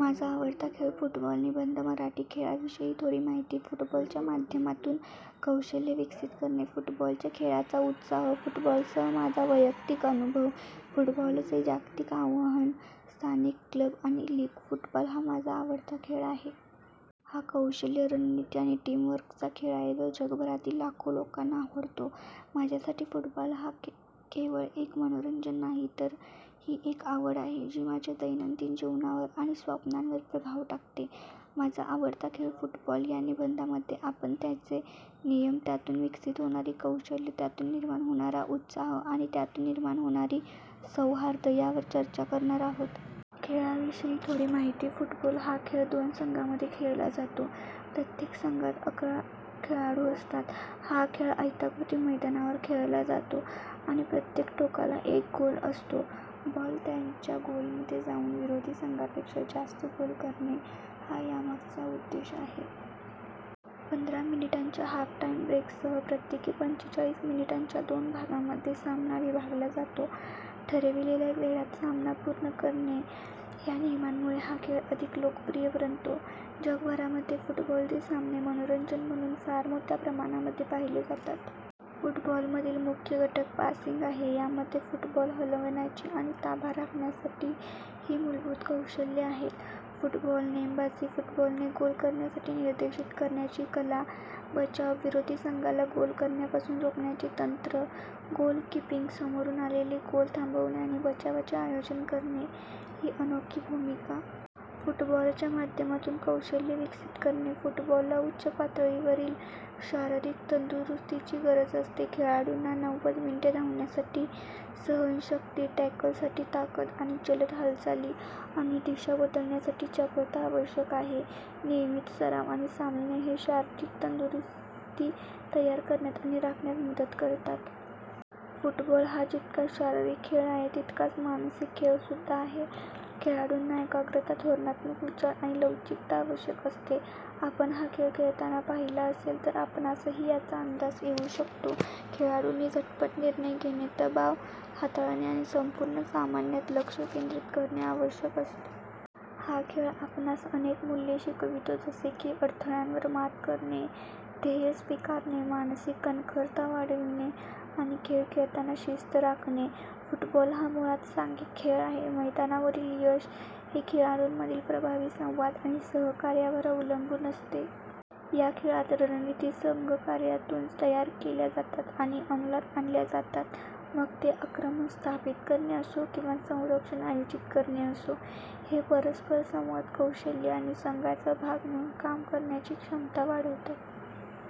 माझा आवडता खेळ फुटबॉल निबंध मराठी, खेळाविषयी थोडी माहिती, फुटबॉलच्या माध्यमातून कौशल्ये विकसित करणे, फुटबॉलच्या खेळाचा उत्साह, फुटबॉलसह माझा वैयक्तिक अनुभव, फुटबॉलचे जागतिक आवाहन, स्थानिक क्लब आणि लीग, फुटबॉल हा माझा आवडता खेळ आहे. हा कौशल्य, रणनीती आणि टीमवर्कचा खेळ आहे, जो जगभरातील लाखो लोकांना आवडतो. माझ्यासाठी फुटबॉल हा केवळ एक मनोरंजन नाही तर ही एक आवड आहे जी माझ्या दैनंदिन जीवनावर आणि स्वप्नांवर प्रभाव टाकते. माझा आवडता खेळ फुटबॉल, या निबंधामध्ये आपण त्याचे नियम, त्यातून विकसित होणारी कौशल्ये, त्यातून निर्माण होणारा उत्साह आणि त्यातून निर्माण होणारी सौहार्द यावर चर्चा करणार आहोत. खेळाविषयी थोडी माहिती, फुटबॉल हा खेळ दोन संघांमध्ये खेळला जातो, प्रत्येक संघात अकरा खेळाडू असतात. हा खेळ आयताकृती मैदानावर खेळला जातो आणि प्रत्येक टोकाला एक गोल असतो. बॉल त्यांच्या गोलमध्ये जाऊन विरोधी संघापेक्षा जास्त गोल करणे हा यामागचा उद्देश आहे. पंधरा मिनिटांच्या हाफटाइम ब्रेकसह प्रत्येकी पंचेचाळीस मिनिटांच्या दोन भागांमध्ये सामना विभागला जातो. ठरविलेल्या वेळात सामना पूर्ण करणे ह्या नियमामुळे हा खेळ अधिक लोकप्रिय बनतो, जगभरामध्ये फुटबॉलचे सामने मनोरंजन म्हणून फार मोठ्या प्रमाणामध्ये पहिले जातात. फुटबॉलमधील मुख्य घटक पासिंग आहे, यामध्ये फुटबॉल हलवण्याची आणि ताबा राखण्यासाठी ही मूलभूत कौशल्ये आहेत, फुटबॉल नेमबाजी, फुटबॉलने गोल करण्यासाठी निर्देशित करण्याची कला, बचाव, विरोधी संघाला गोल करण्यापासून रोखण्याचे तंत्र, गोलकीपिंग, समोरून आलेले गोल थांबवणे आणि बचावाचे आयोजन करणे ही अनोखी भूमिका. फुटबॉलच्या माध्यमातून कौशल्ये विकसित करणे, फुटबॉलला उच्च पातळीवरील शारीरिक तंदुरुस्तीची गरज असते. खेळाडूंना नव्वद मिनिटे धावण्यासाठी सहनशक्ती, टॅकलसाठी ताकद आणि जलद हालचाली आणि दिशा बदलण्यासाठी चपळता आवश्यक आहे. नियमित सराव आणि सामने हे शारीरिक तंदुरुस्ती तयार करण्यात आणि राखण्यात मदत करतात. फुटबॉल हा जितका शारीरिक खेळ आहे तितकाच मानसिक खेळ सुद्धा आहे. खेळाडूंना एकाग्रता, धोरणात्मक विचार आणि लवचिकता आवश्यक असते. आपण हा खेळ खेळताना पाहिला असेल तर आपणासही याचा अंदाज येऊ शकतो, खेळाडूंनी झटपट निर्णय घेणे, दबाव हाताळणे आणि संपूर्ण सामन्यात लक्ष केंद्रित करणे आवश्यक असते. हा खेळ आपणास अनेक मूल्ये शिकवितो जसे की, अडथळ्यांवर मात करणे, ध्येय स्वीकारणे, मानसिक कणखरता वाढविणे आणि खेळ खेळताना शिस्त राखणे. फुटबॉल हा मुळात सांघिक खेळ आहे. मैदानावरील यश हे खेळाडूंमधील प्रभावी संवाद आणि सहकार्यावर अवलंबून असते. या खेळात रणनीती संघकार्यातून तयार केल्या जातात आणि अंमलात आणल्या जातात, मग ते आक्रमण स्थापित करणे असो किंवा संरक्षण आयोजित करणे असो. हे परस्पर संवाद कौशल्ये आणि संघाचा भाग म्हणून काम करण्याची क्षमता वाढवतात.